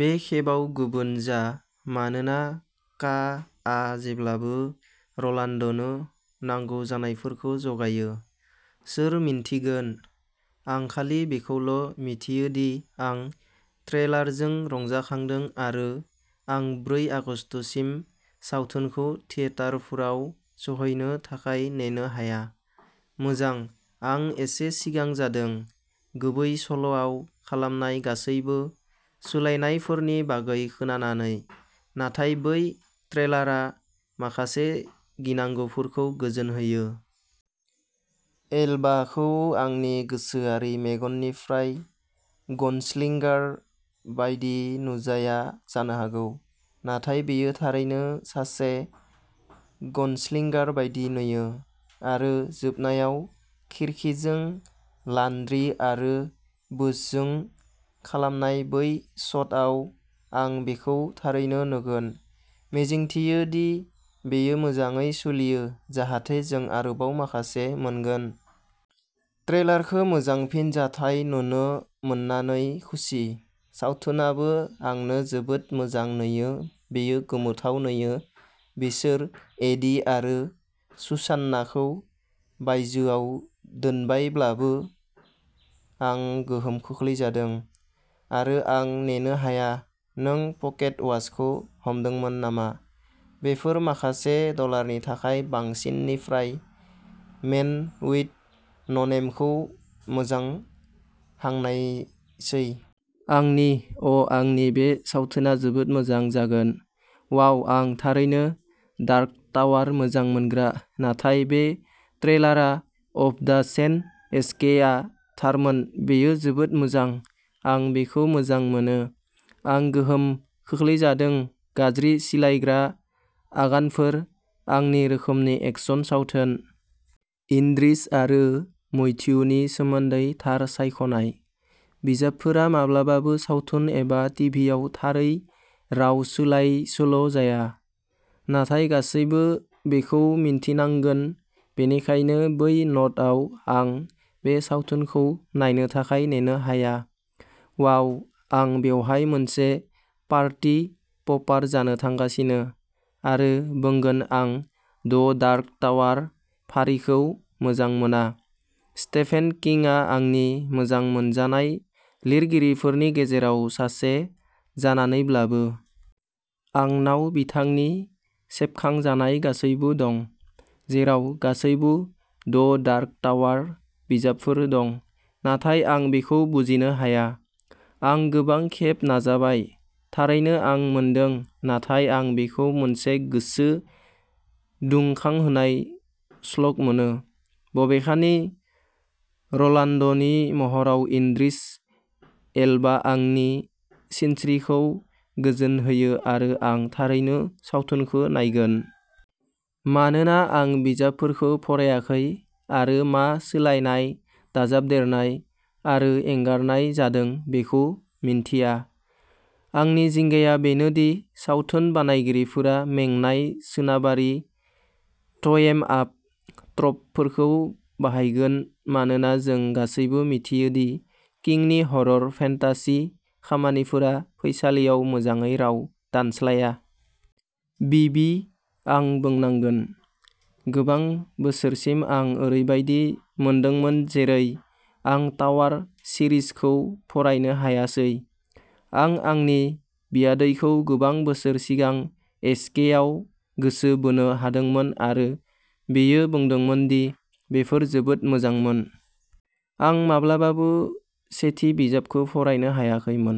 बे खेबाव गुबुन जा, मानोना का आ जेब्लाबो र'लान्डनो नांगौ जानायफोरखौ जगायो। सोर मिन्थिगोन? आं खालि बेखौल' मिथियो दि आं ट्रेलारजों रंजाखांदों आरो आं ब्रै आगस्तसिम सावथुनखौ थियेटारफोराव सौहैनो थाखाय नेनो हाया। मोजां आं एसे जिंगा जादों, गुबै सल'आव खालामनाय गासैबो सोलायनायफोरनि बागै खोनानानै, नाथाय बै ट्रेलारआ माखासे गिनांगौफोरखौ गोजोन होयो। एलबाखौ आंनि गोसोआरि मेगननिफ्राय गनस्लिंगार बायदि नुजाया जानो हागौ, नाथाय बियो थारैनो सासे गनस्लिंगार बायदि नुयो। आरो जोबनायाव, खिरखिजों, लान्ड्रि आरो बुशजों खालामनाय बै शटआव आं बेखौ थारैनो नुगोन। मिजिंथियो दि बेयो मोजाङै सोलियो जाहाथे जों आरोबाव माखासे मोनगोन। ट्रेलारखौ मोजां फिनजाथाय नुनो मोननानै खुसि। सावथुनआबो आंनो जोबोद मोजां नुयो बेयो गोमोथाव नुयो बिसोर एडि आरो सुसान्नाखौ बायजोआव दोनबायब्लाबो आं गोहोम खोख्लैजादों आरो आं नेनो हाया नों पकेट वाचखौ हमदोंमोन नामा? बेफोर माखासे डलारनि थाखाय बांसिन निफ्राय मेन विद न'नेमखौ मोजां हांनायसै। आंनि अ' आंनि बे सावथुना जोबोद मोजां जागोन वाव आं थारैनो डार्क टावार मोजां मोनग्रा नाथाय बे ट्रेलारआ अफ दा चेन एस के आ थारमोन बेयो जोबोद मोजां आं बेखौ मोजां मोनो आं गोहोम खोख्लैजादों गाज्रि सिलायग्रा आगानफोर, आंनि रोखोमनि एक्शन सावथुन। इद्रिस आरो मैथ्यूनि सोमोन्दै थार सायख'नाय। बिजाबफोरा माब्लाबाबो सावथुन एबा टिभिआव' थारै राव सोलाय सोल' जाया नाथाय गासैबो बेखौ मिन्थिनांगोन बेनिखायनो बै नोटआव आं बे सावथुनखौ नायनो थाखाय नेनो हाया। वाव आं बेवहाय मोनसे पार्टी प'पार जानो थांगासिनो आरो बुंगोन आं द डार्क टावार फारिखौ मोजां मोना, स्टेफेन किंआ आंनि मोजां मोनजानाय लिरगिरिफोरनि गेजेराव सासे जानानैब्लाबो। आंनाव बिथांनि सेबखांजानाय गासैबो दं, जेराव गासैबो द डार्क टावार बिजाबफोर दं, नाथाय आं बेखौ बुजिनो हाया। आं गोबां खेब नाजाबाय, थारैनो आं मोनदों, नाथाय आं बेखौ मोनसे गोसो दुंखांहोनाय स्लग मोनो। बबेखानि र'लान्डनि महराव इद्रिस एल्बा आंनि सिनस्रिखौ गोजोन होयो आरो आं थारैनो सावथुनखौ नायगोन। मानोना आं बिजाबफोरखौ फरायाखै आरो मा सोलायनाय, दाजाबदेरनाय, आरो एंगारनाय जादों बेखौ मिन्थिया, आंनि जिंगाया बेनो दि सावथुन बानायगिरिफोरा मेंनाय सोनाबारि ट'एम-आप ट्रपफोरखौ बाहायगोन मानोना जों गासैबो मिथियो दि किंनि हरर फेन्टासि खामानिफोरा फैसालियाव मोजाङै राव दानस्लाया। बिबि, आं बुंनांगोन, गोबां बोसोरसिम आं ओरैबायदि मोनदोंमोन जेरै आं टावार सिरिजखौ फरायनो हायासै। आं आंनि बियादैखौ गोबां बोसोर सिगां एस के आव गोसो बोनो हादोंमोन आरो बियो बुंदोंमोन दि बेफोर जोबोद मोजांमोन। आं माब्लाबाबो सेथि बिजाबखौ फरायनो हायाखैमोन।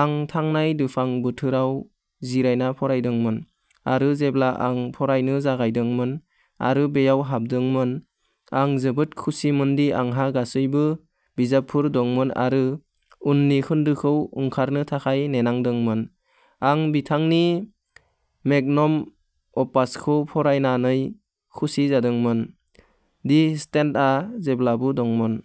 आं थांनाय दुफां बोथोराव जिरायना फरायदोंमोन, आरो जेब्ला आं फरायनो जागायदोंमोन आरो बेयाव हाबदोंमोन, आं जोबोद खुसिमोनदि आंहा गासैबो बिजाबफोर दंमोन आरो उननि खोन्दोखौ ओंखारनो थाखाय नेनांदोंमोन आं बिथांनि मेग्नम अपासखौ फरायनानै खुसि जादोंमोन। दि स्टेन्डआ जेब्लाबो दंमोन।